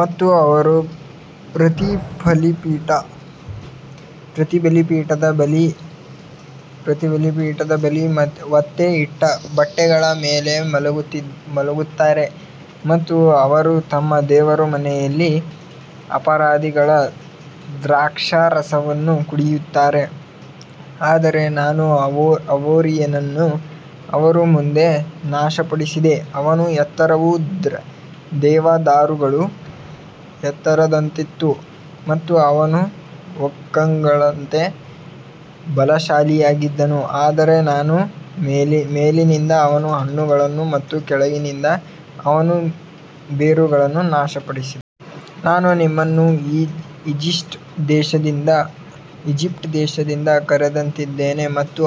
ಮತ್ತು ಅವರು ಪ್ರತಿ ಬಲಿಪೀಠದ ಬಳಿ ಒತ್ತೆ ಇಟ್ಟ ಬಟ್ಟೆಗಳ ಮೇಲೆ ಮಲಗುತ್ತಾರೆ ಮತ್ತು ಅವರು ತಮ್ಮ ದೇವರ ಮನೆಯಲ್ಲಿ ಅಪರಾಧಿಗಳ ದ್ರಾಕ್ಷಾರಸವನ್ನು ಕುಡಿಯುತ್ತಾರೆ. ಆದರೆ ನಾನು ಅಮೋರಿಯನನ್ನು ಅವರ ಮುಂದೆ ನಾಶಪಡಿಸಿದೆ, ಅವನ ಎತ್ತರವು ದೇವದಾರುಗಳ ಎತ್ತರದಂತಿತ್ತು ಮತ್ತು ಅವನು ಓಕ್ಗಳಂತೆ ಬಲಶಾಲಿಯಾಗಿದ್ದನು, ಆದರೆ ನಾನು ಮೇಲಿನಿಂದ ಅವನ ಹಣ್ಣುಗಳನ್ನು ಮತ್ತು ಕೆಳಗಿನಿಂದ ಅವನ ಬೇರುಗಳನ್ನು ನಾಶಪಡಿಸಿದೆ. ನಾನು ನಿಮ್ಮನ್ನು ಈಜಿಪ್ಟ್ ದೇಶದಿಂದ ಕರೆತಂದಿದ್ದೇನೆ ಮತ್ತು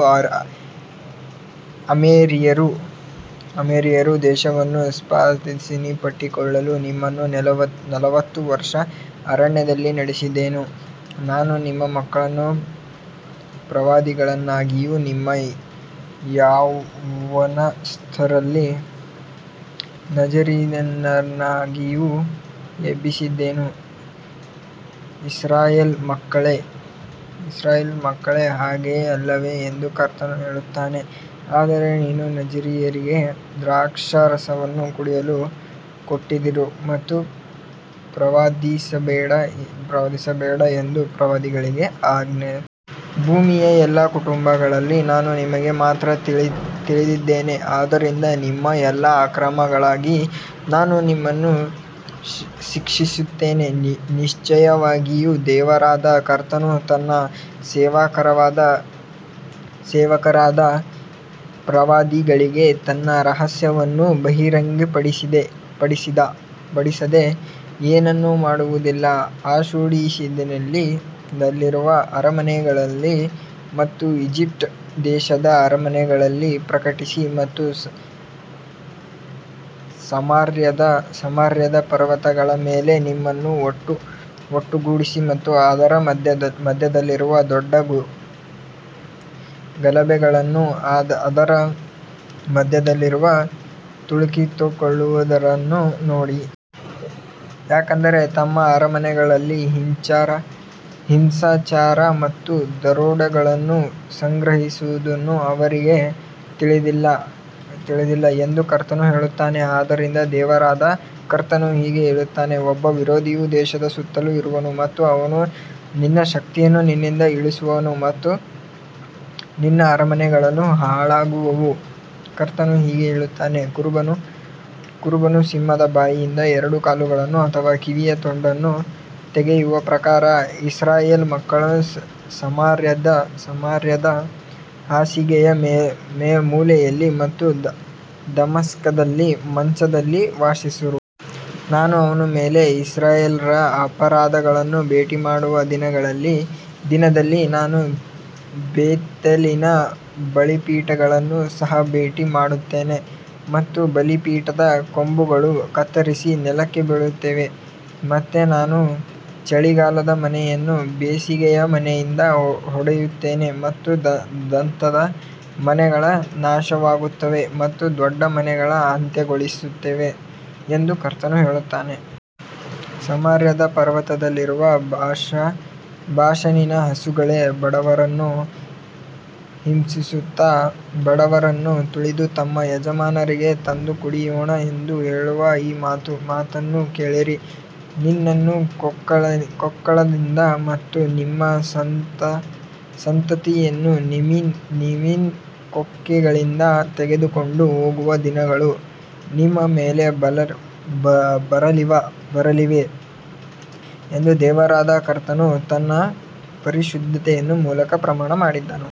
ಅಮೋರಿಯರ ದೇಶವನ್ನು ಸ್ವಾಧೀನಪಡಿಸಿಕೊಳ್ಳಲು ನಿಮ್ಮನ್ನು ನಲವತ್ತು ವರ್ಷ ಅರಣ್ಯದಲ್ಲಿ ನಡೆಸಿದೆನು. ನಾನು ನಿಮ್ಮ ಮಕ್ಕಳಲ್ಲಿ ಪ್ರವಾದಿಗಳನ್ನಾಗಿಯೂ ನಿಮ್ಮ ಯೌವನಸ್ಥರಲ್ಲಿ ನಜರೀಯರನ್ನಾಗಿಯೂ ಎಬ್ಬಿಸಿದೆನು, ಇಸ್ರಾಯೇಲ್ ಮಕ್ಕಳೇ, ಹಾಗೆಯೇ ಅಲ್ಲವೇ ಎಂದು ಕರ್ತನು ಹೇಳುತ್ತಾನೆ. ಆದರೆ ನೀವು ನಜರೀಯರಿಗೆ ದ್ರಾಕ್ಷಾರಸವನ್ನು ಕುಡಿಯಲು ಕೊಟ್ಟಿದ್ದೀರಿ ಮತ್ತು ಪ್ರವಾದಿಸಬೇಡ ಎಂದು ಪ್ರವಾದಿಗಳಿಗೆ ಆಜ್ಞಾಪಿಸಿದಿರಿ. ಭೂಮಿಯ ಎಲ್ಲಾ ಕುಟುಂಬಗಳಲ್ಲಿ ನಾನು ನಿಮಗೆ ಮಾತ್ರ ತಿಳಿದಿದ್ದೇನೆ, ಆದ್ದರಿಂದ ನಿಮ್ಮ ಎಲ್ಲಾ ಅಕ್ರಮಗಳಿಗಾಗಿ ನಾನು ನಿಮ್ಮನ್ನು ಶಿಕ್ಷಿಸುತ್ತೇನೆ. ನಿಶ್ಚಯವಾಗಿಯೂ ದೇವರಾದ ಕರ್ತನು ತನ್ನ ಸೇವಕರಾದ ಪ್ರವಾದಿಗಳಿಗೆ ತನ್ನ ರಹಸ್ಯವನ್ನು ಬಹಿರಂಗಪಡಿಸದೆ ಏನನ್ನೂ ಮಾಡುವುದಿಲ್ಲ. ಅಷ್ಡೋದಿನಲ್ಲಿರುವ ಅರಮನೆಗಳಲ್ಲಿ ಮತ್ತು ಈಜಿಪ್ಟ್ ದೇಶದ ಅರಮನೆಗಳಲ್ಲಿ ಪ್ರಕಟಿಸಿ ಮತ್ತು ಸಮಾರ್ಯದ ಪರ್ವತಗಳ ಮೇಲೆ ನಿಮ್ಮನ್ನು ಒಟ್ಟುಗೂಡಿಸಿ ಮತ್ತು ಅದರ ಮಧ್ಯದಲ್ಲಿರುವ ದೊಡ್ಡ ಗಲಭೆಗಳನ್ನೂ ಅದರ ಮಧ್ಯದಲ್ಲಿರುವ ತುಳಿತಕ್ಕೊಳಗಾದವರನ್ನೂ ನೋಡಿ. ಯಾಕಂದರೆ ತಮ್ಮ ಅರಮನೆಗಳಲ್ಲಿ ಹಿಂಸಾಚಾರ ಮತ್ತು ದರೋಡೆಗಳನ್ನು ಸಂಗ್ರಹಿಸುವುದು ಅವರಿಗೆ ತಿಳಿದಿಲ್ಲ ಎಂದು ಕರ್ತನು ಹೇಳುತ್ತಾನೆ. ಆದದರಿಂದ ದೇವರಾದ ಕರ್ತನು ಹೀಗೆ ಹೇಳುತ್ತಾನೆ, ಒಬ್ಬ ವಿರೋಧಿಯು ದೇಶದ ಸುತ್ತಲೂ ಇರುವನು ಮತ್ತು ಅವನು ನಿನ್ನ ಶಕ್ತಿಯನ್ನು ನಿನ್ನಿಂದ ಇಳಿಸುವನು ಮತ್ತು ನಿನ್ನ ಅರಮನೆಗಳು ಹಾಳಾಗುವವು. ಕರ್ತನು ಹೀಗೆ ಹೇಳುತ್ತಾನೆ, ಕುರುಬನು ಸಿಂಹದ ಬಾಯಿಯಿಂದ ಎರಡು ಕಾಲುಗಳನ್ನು ಅಥವಾ ಕಿವಿಯ ತುಂಡನ್ನು ತೆಗೆಯುವ ಪ್ರಕಾರ ಇಸ್ರಾಯೇಲ್ ಮಕ್ಕಳು ಸಮಾರ್ಯದ ಹಾಸಿಗೆಯ ಮೂಲೆಯಲ್ಲಿ ಮತ್ತು ದಮಸ್ಕದಲ್ಲಿ ಮಂಚದಲ್ಲಿ ವಾಸಿಸುವರು. ನಾನು ಅವನ ಮೇಲೆ ಇಸ್ರಾಯೇಲ್ಯರ ಅಪರಾಧಗಳನ್ನು ಭೇಟಿ ಮಾಡುವ ದಿನದಲ್ಲಿ ನಾನು ಬೇತೇಲಿನ ಬಲಿಪೀಠಗಳನ್ನು ಸಹ ಭೇಟಿ ಮಾಡುತ್ತೇನೆ ಮತ್ತು ಬಲಿಪೀಠದ ಕೊಂಬುಗಳು ಕತ್ತರಿಸಿ ನೆಲಕ್ಕೆ ಬೀಳುತ್ತವೆ. ಮತ್ತು ನಾನು ಚಳಿಗಾಲದ ಮನೆಯನ್ನು ಬೇಸಿಗೆಯ ಮನೆಯಿಂದ ಹೊಡೆಯುತ್ತೇನೆ ಮತ್ತು ದಂತದ ಮನೆಗಳು ನಾಶವಾಗುತ್ತವೆ ಮತ್ತು ದೊಡ್ಡ ಮನೆಗಳು ಅಂತ್ಯಗೊಳ್ಳುತ್ತವೆ ಎಂದು ಕರ್ತನು ಹೇಳುತ್ತಾನೆ. ಸಮಾರ್ಯದ ಪರ್ವತದಲ್ಲಿರುವ ಬಾಷಾನಿನ ಹಸುಗಳೇ, ಬಡವರನ್ನು ಹಿಂಸಿಸುತ್ತಾ ಬಡವರನ್ನು ತುಳಿದು ತಮ್ಮ ಯಜಮಾನರಿಗೆ ತಂದು ಕುಡಿಯೋಣ ಎಂದು ಹೇಳುವ ಈ ಮಾತನ್ನು ಕೇಳಿರಿ. ನಿನ್ನನ್ನು ಕೊಕ್ಕೆಗಳಿಂದ ಮತ್ತು ನಿಮ್ಮ ಸಂತತಿಯನ್ನು ಮೀನಿನ ಕೊಕ್ಕೆಗಳಿಂದ ತೆಗೆದುಕೊಂಡು ಹೋಗುವ ದಿನಗಳು ನಿಮ್ಮ ಮೇಲೆ ಬರಲಿವೆ ಎಂದು ದೇವರಾದ ಕರ್ತನು ತನ್ನ ಪರಿಶುದ್ಧತೆಯ ಮೂಲಕ ಪ್ರಮಾಣ ಮಾಡಿದ್ದಾನೆ.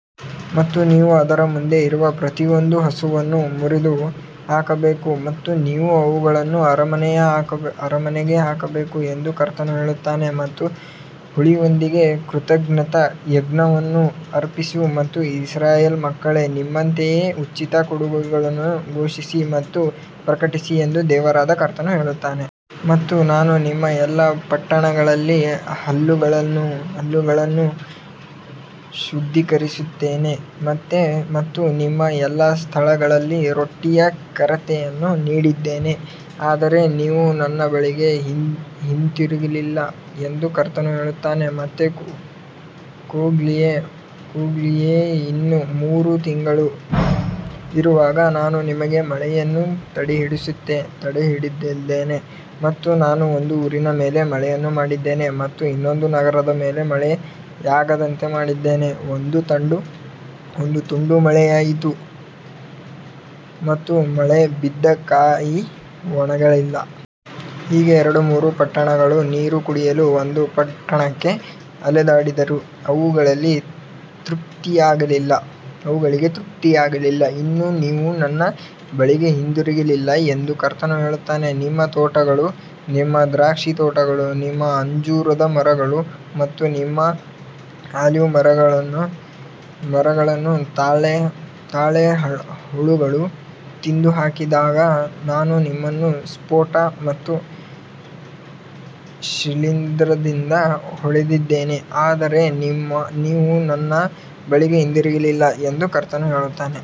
ಮತ್ತು ನೀವು ಅದರ ಮುಂದೆ ಇರುವ ಪ್ರತಿಯೊಂದು ಹಸುವನ್ನು ಮುರಿದು ಹಾಕಬೇಕು ಮತ್ತು ನೀವು ಅವುಗಳನ್ನು ಅರಮನೆಗೆ ಹಾಕಬೇಕು ಎಂದು ಕರ್ತನು ಹೇಳುತ್ತಾನೆ. ಮತ್ತು ಹುಳಿಯೊಂದಿಗೆ ಕೃತಜ್ಞತಾ ಯಜ್ಞವನ್ನು ಅರ್ಪಿಸಿ ಮತ್ತು ಇಸ್ರಾಯೇಲ್ ಮಕ್ಕಳೇ, ನಿಮ್ಮಂತೆಯೇ ಉಚಿತ ಕೊಡುಗೆಗಳನ್ನು ಘೋಷಿಸಿ ಮತ್ತು ಪ್ರಕಟಿಸಿ ಎಂದು ದೇವರಾದ ಕರ್ತನು ಹೇಳುತ್ತಾನೆ. ಮತ್ತು ನಾನು ನಿಮ್ಮ ಎಲ್ಲಾ ಪಟ್ಟಣಗಳಲ್ಲಿ ಹಲ್ಲುಗಳನ್ನು ಶುದ್ಧೀಕರಿಸಿದ್ದೇನೆ ಮತ್ತು ನಿಮ್ಮ ಎಲ್ಲಾ ಸ್ಥಳಗಳಲ್ಲಿ ರೊಟ್ಟಿಯ ಕೊರತೆಯನ್ನು ನೀಡಿದ್ದೇನೆ, ಆದರೆ ನೀವು ನನ್ನ ಬಳಿಗೆ ಹಿಂತಿರುಗಲಿಲ್ಲ ಎಂದು ಕರ್ತನು ಹೇಳುತ್ತಾನೆ. ಮತ್ತು ಕೊಯ್ಲಿಗೆ ಇನ್ನೂ ಮೂರು ತಿಂಗಳು ಇರುವಾಗ ನಾನು ನಿಮಗೆ ಮಳೆಯನ್ನು ತಡೆಹಿಡಿದಿದ್ದೇನೆ ಮತ್ತು ನಾನು ಒಂದು ಊರಿನ ಮೇಲೆ ಮಳೆಯನ್ನು ಮಾಡಿದ್ದೇನೆ ಮತ್ತು ಇನ್ನೊಂದು ನಗರದ ಮೇಲೆ ಮಳೆಯಾಗದಂತೆ ಮಾಡಿದ್ದೇನೆ, ಒಂದು ತುಂಡು ಮಳೆಯಾಯಿತು ಮತ್ತು ಮಳೆ ಬಿದ್ದ ಕಾಯಿ ಒಣಗಲಿಲ್ಲ. ಹೀಗೆ ಎರಡು ಮೂರು ಪಟ್ಟಣಗಳು ನೀರು ಕುಡಿಯಲು ಒಂದು ಪಟ್ಟಣಕ್ಕೆ ಅಲೆದಾಡಿದರೂ ಅವುಗಳಿಗೆ ತೃಪ್ತಿಯಾಗಲಿಲ್ಲ, ಇನ್ನೂ ನೀವು ನನ್ನ ಬಳಿಗೆ ಹಿಂತಿರುಗಲಿಲ್ಲ ಎಂದು ಕರ್ತನು ಹೇಳುತ್ತಾನೆ. ನಿಮ್ಮ ತೋಟಗಳು, ನಿಮ್ಮ ದ್ರಾಕ್ಷಿತೋಟಗಳು, ನಿಮ್ಮ ಅಂಜೂರದ ಮರಗಳು ಮತ್ತು ನಿಮ್ಮ ಆಲಿವ್ ಮರಗಳನ್ನು ತಾಳೆ ಹುಳುಗಳು ತಿಂದು ಹಾಕಿದಾಗ ನಾನು ನಿಮ್ಮನ್ನು ಸ್ಫೋಟ ಮತ್ತು ಶಿಲೀಂಧ್ರದಿಂದ ಹೊಡೆದಿದ್ದೇನೆ, ಆದರೆ ನೀವು ನನ್ನ ಬಳಿಗೆ ಹಿಂತಿರುಗಲಿಲ್ಲ ಎಂದು ಕರ್ತನು ಹೇಳುತ್ತಾನೆ.